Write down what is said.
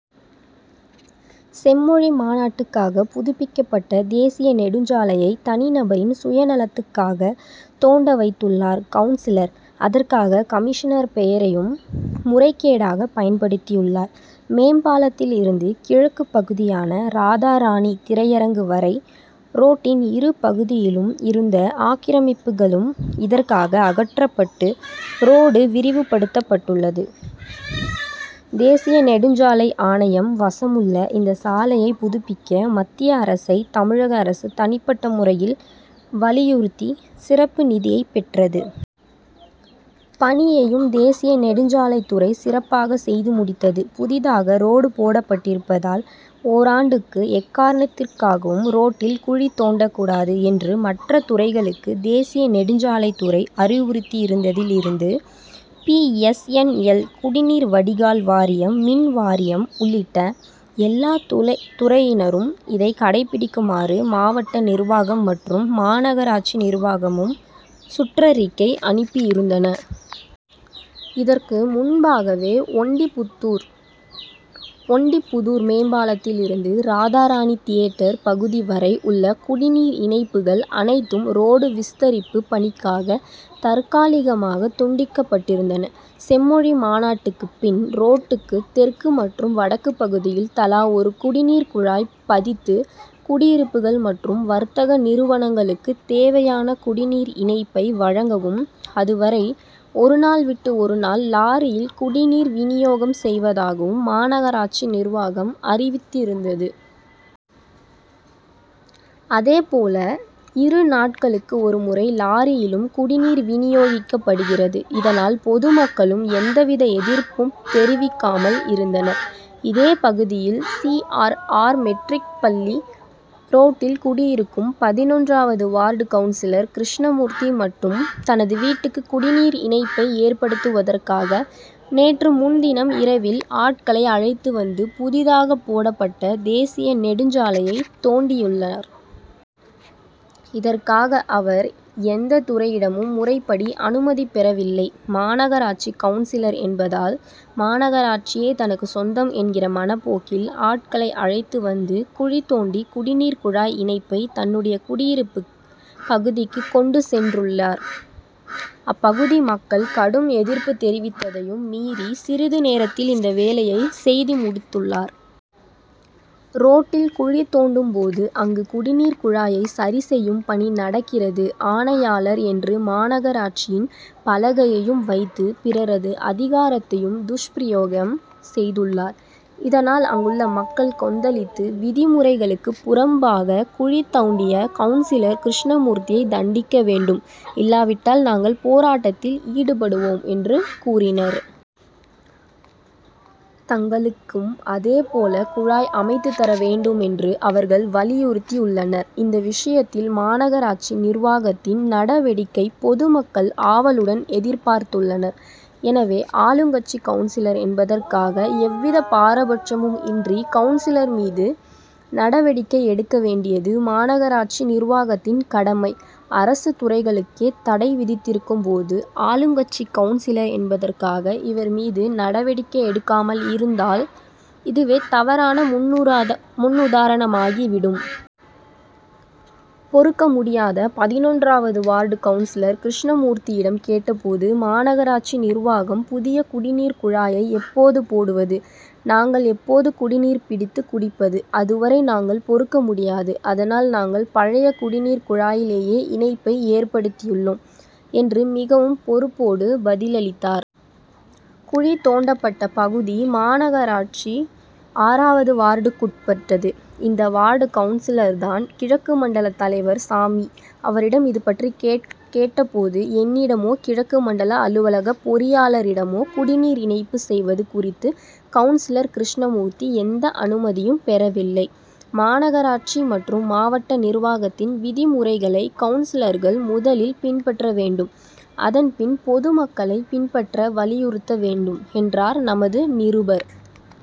செம்மொழி மாநாட்டுக்காக புதுப்பிக்கப்பட்ட தேசிய நெடுஞ்சாலையை தனிநபரின் சுய நலத்துக்காகத் தோண்ட வைத்துள்ளார் கவுன்சிலர் அதற்காக கமிஷனர் பெயரையும் முறைகேடாக பயன்படுத்தியுள்ளார். மேம்பாலத்திலிருந்து கிழக்கு பகுதியான ராதாராணி திரையரங்கு வரை ரோட்டின் இரு பகுதியிலும் இருந்த ஆக்கிரமிப்புகளும் இதற்காக அகற்றப்பட்டு, ரோடு விரிவுபடுத்தப்பட்டது. தேசிய நெடுஞ்சாலை ஆணையம் வசமுள்ள இந்த சாலையைப் புதுப்பிக்க, மத்திய அரசை தமிழக அரசு தனிப்பட்ட முறையில் வலியுறுத்தி சிறப்பு நிதியைப்பெற்றது. பணியையும் தேசிய நெடுஞ்சாலைத்துறை சிறப்பாக செய்து முடித்தது. புதிதாக ரோடு போடப்பட்டிருப்பதால், ஓராண்டுக்கு எக்காரணத்துக்காகவும் ரோட்டில் குழி தோண்டக்கூடாது என்று மற்ற துறைகளுக்கு தேசிய நெடுஞ்சாலைத்துறை அறிவுறுத்தியிருந்தது. பி. எஸ். என். எல்., குடிநீர் வடிகால் வாரியம், மின் வாரியம் உள்ளிட்ட எல்லாத்துறையினரும் இதை கடைபிடிக்குமாறு, மாவட்ட நிர்வாகம் மற்றும் மாநகராட்சி நிர்வாகமும் சுற்றறிக்கை அனுப்பியிருந்தன. இதற்கு முன்பாகவே, ஒண்டிப்புதூர் மேம்பாலத்திலிருந்து ராதாராணி தியேட்டர் பகுதி வரை உள்ள குடிநீர் இணைப்புகள் அனைத்தும் ரோடு விஸ்தரிப்புப் பணிக்காக தற்காலிகமாக துண்டிக்கப்பட்டிருந்தன. செம்மொழி மாநாட்டுக்குப் பின், ரோட்டுக்கு தெற்கு மற்றும் வடக்கு பகுதியில் தலா ஒரு குடிநீர் குழாய் பதித்து குடியிருப்புகள் மற்றும் வர்த்தக நிறுவனங்களுக்கு தேவையான குடிநீர் இணைப்பை வழங்கவும், அதுவரை ஒரு நாள் விட்டு ஒரு நாள் லாரியில் குடிநீர் வினியோகம் செய்வதாகவும் மாநகராட்சி நிர்வாகம் அறிவித்திருந்தது. அதேபோல, இரு நாட்களுக்கு ஒரு முறை லாரியிலும் குடிநீர் வினியோகிக்கப்படுகிறது. இதனால், பொதுமக்களும் எந்தவித எதிர்ப்பும் தெரிவிக்காமல் இருந்தனர். இதே பகுதியில், சி. ஆர். ஆர்.,மெட்ரிக் பள்ளி ரோட் டில் குடியிருக்கும் பதினொன்றாவது வார்டு கவுன்சிலர் கிருஷ்ணமூர்த்தி மட்டும், தனது வீட்டுக்கு குடிநீர் இணைப்பை ஏற்படுத்துவதற்காக, நேற்று முன் தினம் இரவில் ஆட்களை அழைத்து வந்து, புதிதாக போடப்பட்ட தேசிய நெடுஞ்சாலையைத் தோண் டியுள்ளார். இதற்காக, அவர் எந்தத் துறையிடமும் முறைப்படி அனுமதி பெறவில்லை. மாநகராட்சி கவுன்சிலர் என்பதால், மாநகராட்சியே தனக்குச் சொந்தம் என்கிற மனப்போக்கில், ஆட்களை அழைத்து வந்து, குழி தோண்டி, குடிநீர் குழாய் இணைப்பை தன்னுடைய குடியிருப்புப் பகுதிக்கு கொண்டு சென்றுள்ளார். அப்பகுதி மக்கள் கடும் எதிர்ப்பு தெரிவித்ததையும் மீறி, சிறிது நேரத்தில் இந்த வேலையைச் செய்து முடித் துள்ளார். ரோட்டில் குழி தோண்டும் போது, அங்கு "குடிநீர் குழாயை சரி செய்யும் பணி நடக்கிறது, ஆணையாளர்' என்று மாநகராட்சியின் பலகையையும் வைத்து, பிறரது அதிகாரத்தையும் துஷ்பிரயோகம் செய்துள்ளார். இதனால், அங்குள்ள மக்கள் கொந்தளித்து, "விதிமுறைகளுக்கு புறம்பாக குழி தோண்டிய கவுன்சிலர் கிருஷ்ணமூர்த்தியை தண்டிக்க வேண்டும்; இல்லாவிட்டால் நாங்கள் போராட்டத்தில் ஈடுபடுவோம்' என்று கூறினர். தங்களுக்கும் அதே போல குழாய் அமைத்துத்தர வேண்டுமென்று அவர்கள் வலியுறுத்தியுள்ளனர். இந்த விஷயத்தில், மாநகராட்சி நிர்வாகத்தின் நடவடிக்கையை பொது மக்கள் ஆவலுடன் எதிர்பார்த்துள்ளனர். எனவே, ஆளுங்கட்சி கவுன்சிலர் என்பதற்காக எவ்வித பாரபட்சமும் இன்றி கவுன்சிலர் மீது நடவடிக்கை எடுக்க வேண்டியது, மாநகராட்சி நிர்வாகத்தின் கடமை. அரசுத் துறைகளுக்கே தடை விதித்திருக்கும் போது, ஆளுங்கட்சி கவுன் சிலர் என்பதற்காக இவர் மீது நடவடிக்கை எடுக்காமலிருந்தால், இதுவே தவறான முன்னுதாரணமாகி விடும். பொறுக்க முடியாது பதினொன்றாவது வார்டு கவுன்சிலர் கிருஷ்ணமூர்த்தியிடம் கேட்டபோது, மாநகராட்சி நிர்வாகம் புதிய குடிநீர் குழாயை எப்போது போடுவது, நாங்கள் எப்போது குடிநீர் பிடித்து குடிப்பது? அதுவரை நாங்கள் பொறுக்கமுடியாது. அதனால், நாங்கள் பழைய குடிநீர் குழாயிலேயே, இணைப்பை ஏற்படுத்தியுள்ளோம்,'' என்று மிகவும் "பொறுப்போடு' பதிலளித்தார். குழி தோண்டப்பட்ட பகுதி, மாநகராட்சி ஆறாவது வார்டுக்குட்பட்டது. இந்த வார்டு கவுன்சிலர்தான், கிழக்கு மண்டலத் தலைவர் சாமி. அவரிடம் இதுபற்றி கேட்டபோது, ""என்னிடமோ, கிழக்கு மண்டல அலுவலக பொறியாளரிடமோ குடிநீர் இணைப்பு செய்வது குறித்து கவுன்சிலர் கிருஷ்ணமூர்த்தி எந்த அனுமதியும் பெறவில்லை. மாநகராட்சி மற்றும் மாவட்ட நிர்வாகத்தின் விதிமுறைகளை கவுன்சிலர்கள் முதலில் பின்பற்ற வேண்டும். அதன் பின் பொதுமக்களை பின்பற்ற வலியுறுத்த வேண்டும்,'' என்றார். நமது நிருபர்